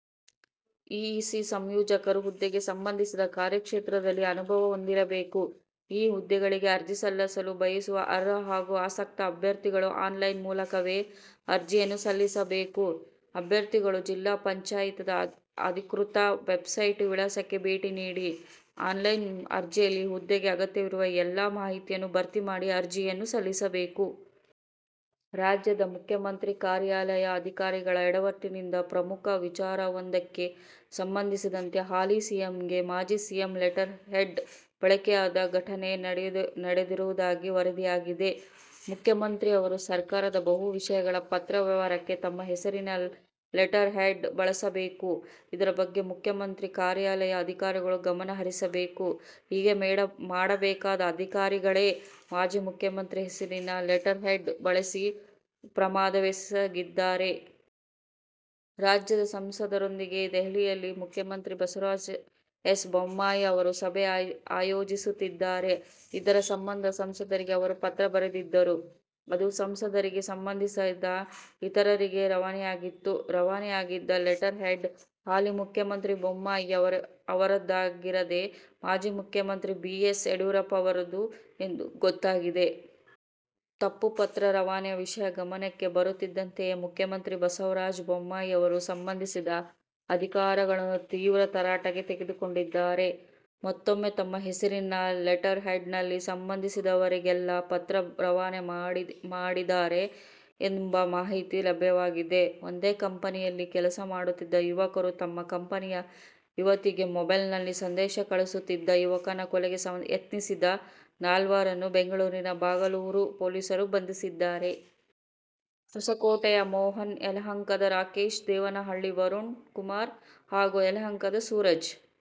E. C ಸಂಯೋಜಕರು ಹುದ್ದೆಗೆ ಸಂಬಂಧಿಸಿದ ಕಾರ್ಯಕ್ಷೇತ್ರದಲ್ಲಿ ಅನುಭವ ಹೊಂದಿರಬೇಕು ಈ ಹುದ್ದೆಗಳಿಗೆ ಅರ್ಜಿ ಸಲ್ಲಿಸಲು ಬಯಸುವ ಅರ್ಹ ಹಾಗೂ ಆಸಕ್ತ ಅಭ್ಯರ್ಥಿಗಳು ಆನ್ಲೈನ್ ಮೂಲಕವೇ ಅರ್ಜಿಯನ್ನು ಸಲ್ಲಿಸಬೇಕು. ಅಭ್ಯರ್ಥಿಗಳು ಜಿಲ್ಲಾ ಪಂಚಾಯತದ ಅಧಿಕೃತ ವೆಬ್ಸೈಟ್ ವಿಳಾಸಕ್ಕೆ ಭೇಟಿ ನೀಡಿ, ಆನ್ಲೈನ್ ಅರ್ಜಿಯಲ್ಲಿ ಹುದ್ದೆಗೆ ಅಗತ್ಯವಿರುವ ಎಲ್ಲಾ ಮಾಹಿತಿಯನ್ನು ಭರ್ತಿ ಮಾಡಿ ಅರ್ಜಿಯನ್ನು ಸಲ್ಲಿಸಬೇಕು. ರಾಜ್ಯದ ಮುಖ್ಯಮಂತ್ರಿ ಕಾರ್ಯಾಲಯ ಅಧಿಕಾರಿಗಳ ಎಡವಟ್ಟಿನಿಂದ ಪ್ರಮುಖ ವಿಚಾರವೊಂದಕ್ಕೆ ಸಂಬಂಧಿಸಿದಂತೆ ಹಾಲಿ ಸಿಎಂಗೆ ಮಾಜಿ ಸಿಎಂ ಲೆಟರ್ ಹೆಡ್ ಬಳಕೆಯಾದ ಘಟನೆ ನಡೆದಿರುವುದಾಗಿ ವರದಿಯಾಗಿದೆ. ಮುಖ್ಯಮಂತ್ರಿ ಅವರು ಸರ್ಕಾರದ ಬಹು ವಿಷಯಗಳ ಪತ್ರ ವ್ಯವಹಾರಕ್ಕೆ ತಮ್ಮ ಹೆಸರಿನ ಲೆಟರ್ ಹೆಡ್ ಬಳಸಬೇಕು. ಇದರ ಬಗ್ಗೆ ಮುಖ್ಯಮಂತ್ರಿ ಕಾರ್ಯಾಲಯ ಅಧಿಕಾರಿಗಳು ಗಮನ ಹರಿಸಬೇಕು, ಹೀಗೆ ಮಾಡಬೇಕಾದ ಅಧಿಕಾರಿಗಳೇ ಮಾಜಿ ಮುಖ್ಯಮಂತ್ರಿ ಹೆಸರಿನ ಲೆಟರ್ ಹೆಡ್ ಬಳಸಿ ಪ್ರಮಾದವೆಸಗಿದ್ದಾರೆ. ರಾಜ್ಯದ ಸಂಸದರೊಂದಿಗೆ ದೆಹಲಿಯಲ್ಲಿ ಮುಖ್ಯಮಂತ್ರಿ ಬಸವರಾಜ ಎಸ್ ಬೊಮ್ಮಾಯಿ ಅವರು ಸಭೆ ಆಯೋಜಿಸುತ್ತಿದ್ದಾರೆ. ಇದರ ಸಂಬಂಧ ಸಂಸದರಿಗೆ ಅವರು ಪತ್ರ ಬರೆದಿದ್ದರು. ಅದು ಸಂಸದರಿಗೆ, ಸಂಬಂಧಿಸಿದ ಇತರರಿಗೆ ರವಾನೆಯಾಗಿತ್ತು. ರವಾನೆಯಾಗಿದ್ದ ಲೆಟರ್ ಹೆಡ್ ಹಾಲಿ ಮುಖ್ಯಮಂತ್ರಿ ಬೊಮ್ಮಾಯಿ ಅವರದ್ದಾಗಿರದೇ ಮಾಜಿ ಮುಖ್ಯಮಂತ್ರಿ ಬಿ. ಎಸ್. ಯಡಿಯೂರಪ್ಪ ಅವರದು ಎಂದು ಗೊತ್ತಾಗಿದೆ. ತಪ್ಪು ಪತ್ರ ರವಾನೆ ವಿಷಯ ಗಮನಕ್ಕೆ ಬರುತ್ತಿದ್ದಂತೆಯೇ ಮುಖ್ಯಮಂತ್ರಿ ಬಸವರಾಜ ಬೊಮ್ಮಾಯಿ ಅವರು ಸಂಬಂಧಿಸಿದ ಅಧಿಕಾರಿಗಳನ್ನು ತೀವ್ರ ತರಾಟೆಗೆ ತೆಗೆದುಕೊಂಡಿದ್ದಾರೆ. ಮತ್ತೊಮ್ಮೆ ತಮ್ಮ ಹೆಸರಿನ ಲೆಟರ್ ಹೆಡ್ ನಲ್ಲಿ ಸಂಬಂಧಿಸಿದವರಿಗೆಲ್ಲ ಪತ್ರ ರವಾನೆ ಮಾಡಿದ್ದಾರೆ ಎಂಬ ಮಾಹಿತಿ ಲಭ್ಯವಾಗಿದೆ. ಒಂದೇ ಕಂಪನಿಯಲ್ಲಿ ಕೆಲಸ ಮಾಡುತ್ತಿದ್ದ ಯುವಕರು ತಮ್ಮ ಕಂಪನಿಯ ಯುವತಿಗೆ ಮೊಬೈಲ್ ನಲ್ಲಿ ಸಂದೇಶ ಕಳುಹಿಸುತ್ತಿದ್ದ ಯುವಕನ ಕೊಲೆಗೆ ಯತ್ನಿಸಿದ ನಾಲ್ವರನ್ನು ಬೆಂಗಳೂರಿನ ಬಾಗಲೂರು ಪೊಲೀಸರು ಬಂಧಿಸಿದ್ದಾರೆ. ಹೊಸಕೋಟೆಯ ಮೋಹನ್, ಯಲಹಂಕದ ರಾಕೇಶ್, ದೇವನಹಳ್ಳಿಯ ವರುಣ್ ಕುಮಾರ್ ಹಾಗೂ ಯಲಹಂಕದ ಸೂರಜ್